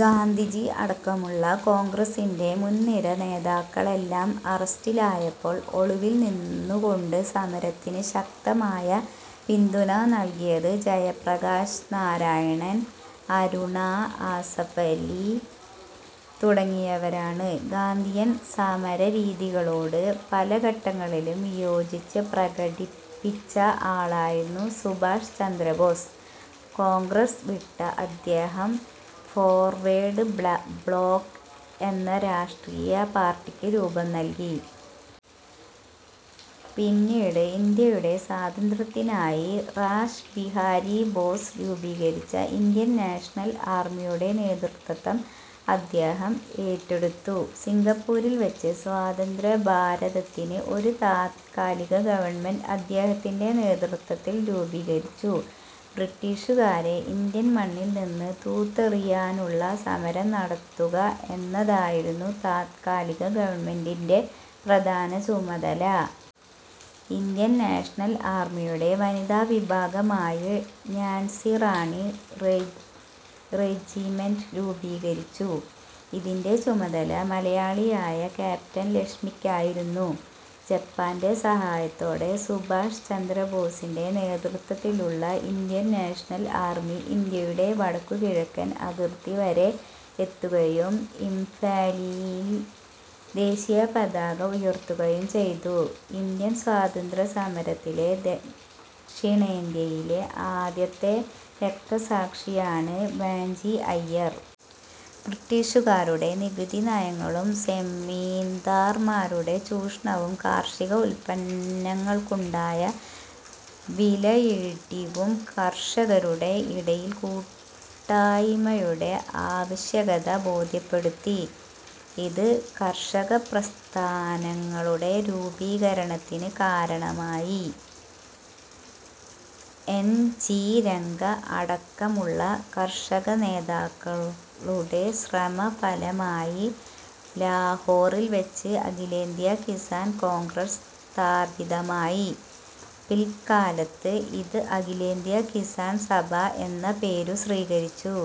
ഗാന്ധിജി അടക്കമുള്ള കോൺഗ്രസിന്റെ മുൻനിര നേതാക്കളെല്ലാം അറസ്റ്റിലായപ്പോൾ ഒളിവിൽ നിന്നുകൊണ്ട് സമരത്തിന് ശക്തമായ പിന്തുണ നൽകിയത് ജയപ്രകാശ് നാരായൺ, അരുണാ ആസഫലി തുടങ്ങിയവരാണ്. ഗാന്ധിയൻ സമരരീതികളോട് പലഘട്ടങ്ങളിലും വിയോജിപ്പ് പ്രകടിപ്പിച്ച ആളായിരുന്നു സുഭാഷ് ചന്ദ്രബോസ്. കോൺഗ്രസ് വിട്ട അദ്ദേഹം "ഫോർവേഡ് ബ്ലോക്ക്' എന്ന രാഷ്ട്രീയ പാർട്ടിക്ക് രൂപം നൽകി. പിന്നീട് ഇന്ത്യയുടെ സ്വാതന്ത്ര്യത്തിനായി റാഷ് ബിഹാരി ബോസ് രൂപീകരിച്ച "ഇന്ത്യൻ നാഷണൽ ആർമി' യുടെ നേതൃത്വം അദ്ദേഹം ഏറ്റെടുത്തു. സിംഗപ്പൂരിൽ വച്ച് സ്വതന്ത്രഭാരതത്തിന് ഒരു താൽക്കാലിക ഗവൺമെന്റ് അദ്ദേഹത്തിന്റെ നേതൃത്വത്തിൽ രൂപീകരിച്ചു. ബ്രിട്ടീഷുകാരെ ഇന്ത്യൻ മണ്ണിൽനിന്ന് തൂത്തെറിയാനുള്ള സമരം നടത്തുക എന്നതായിരുന്നു താൽക്കാലിക ഗവൺമെന്റിന്റെ പ്രധാന ചുമതല. ഇന്ത്യൻ നാഷണൽ ആർമിയുടെ വനിതാ വിഭാഗമായി ഝാൻസി റാണി റെജിമെന്റ് രൂപീകരിച്ചു. ഇതിന്റെ ചുമതല മലയാളിയായ ക്യാപ്റ്റൻ ലക്ഷ്മിക്കായിരുന്നു. ജപ്പാന്റെ സഹായത്തോടെ സുഭാഷ് ചന്ദ്രബോസിന്റെ നേതൃത്വത്തിലുള്ള ഇന്ത്യൻ നാഷണൽ ആർമി ഇന്ത്യയുടെ വടക്കുകിഴക്കൻ അതിർത്തി വരെ എത്തുകയും ഇംഫാലിൽ ദേശീയപതാക ഉയർത്തുകയും ചെയ്തു. ഇന്ത്യൻ സ്വാതന്ത്ര്യസമരത്തിലെ ദക്ഷിണേന്ത്യയിലെ ആദ്യത്തെ രക്തസാക്ഷിയാണ് വാഞ്ചി അയ്യർ. ബ്രിട്ടീഷുകാരുടെ നികുതി നയങ്ങളും സെമീന്ദാർമാരുടെ ചൂഷണവും കാർഷിക ഉൽപ്പന്നങ്ങൾക്കുണ്ടായ വിലയിടിവും കർഷകരുടെ ഇടയിൽ കൂട്ടായ്മയുടെ ആവശ്യകത ബോധ്യപ്പെടുത്തി. ഇത് കർഷകപ്രസ്ഥാനങ്ങളുടെ രൂപീകരണത്തിന് കാരണമായി. എൻ. ജി. രംഗ അടക്കമുള്ള കർഷകനേതാക്കളുടെ ശ്രമ ഫലമായി ലാഹോറിൽ വച്ച് അഖിലേന്ത്യാ കിസാൻ കോൺഗ്രസ് സ്ഥാപിതമായി. പിൽക്കാലത്ത് ഇത് അഖിലേന്ത്യ കിസാൻ സഭ എന്ന പേരു സ്വീകരി ച്ചു.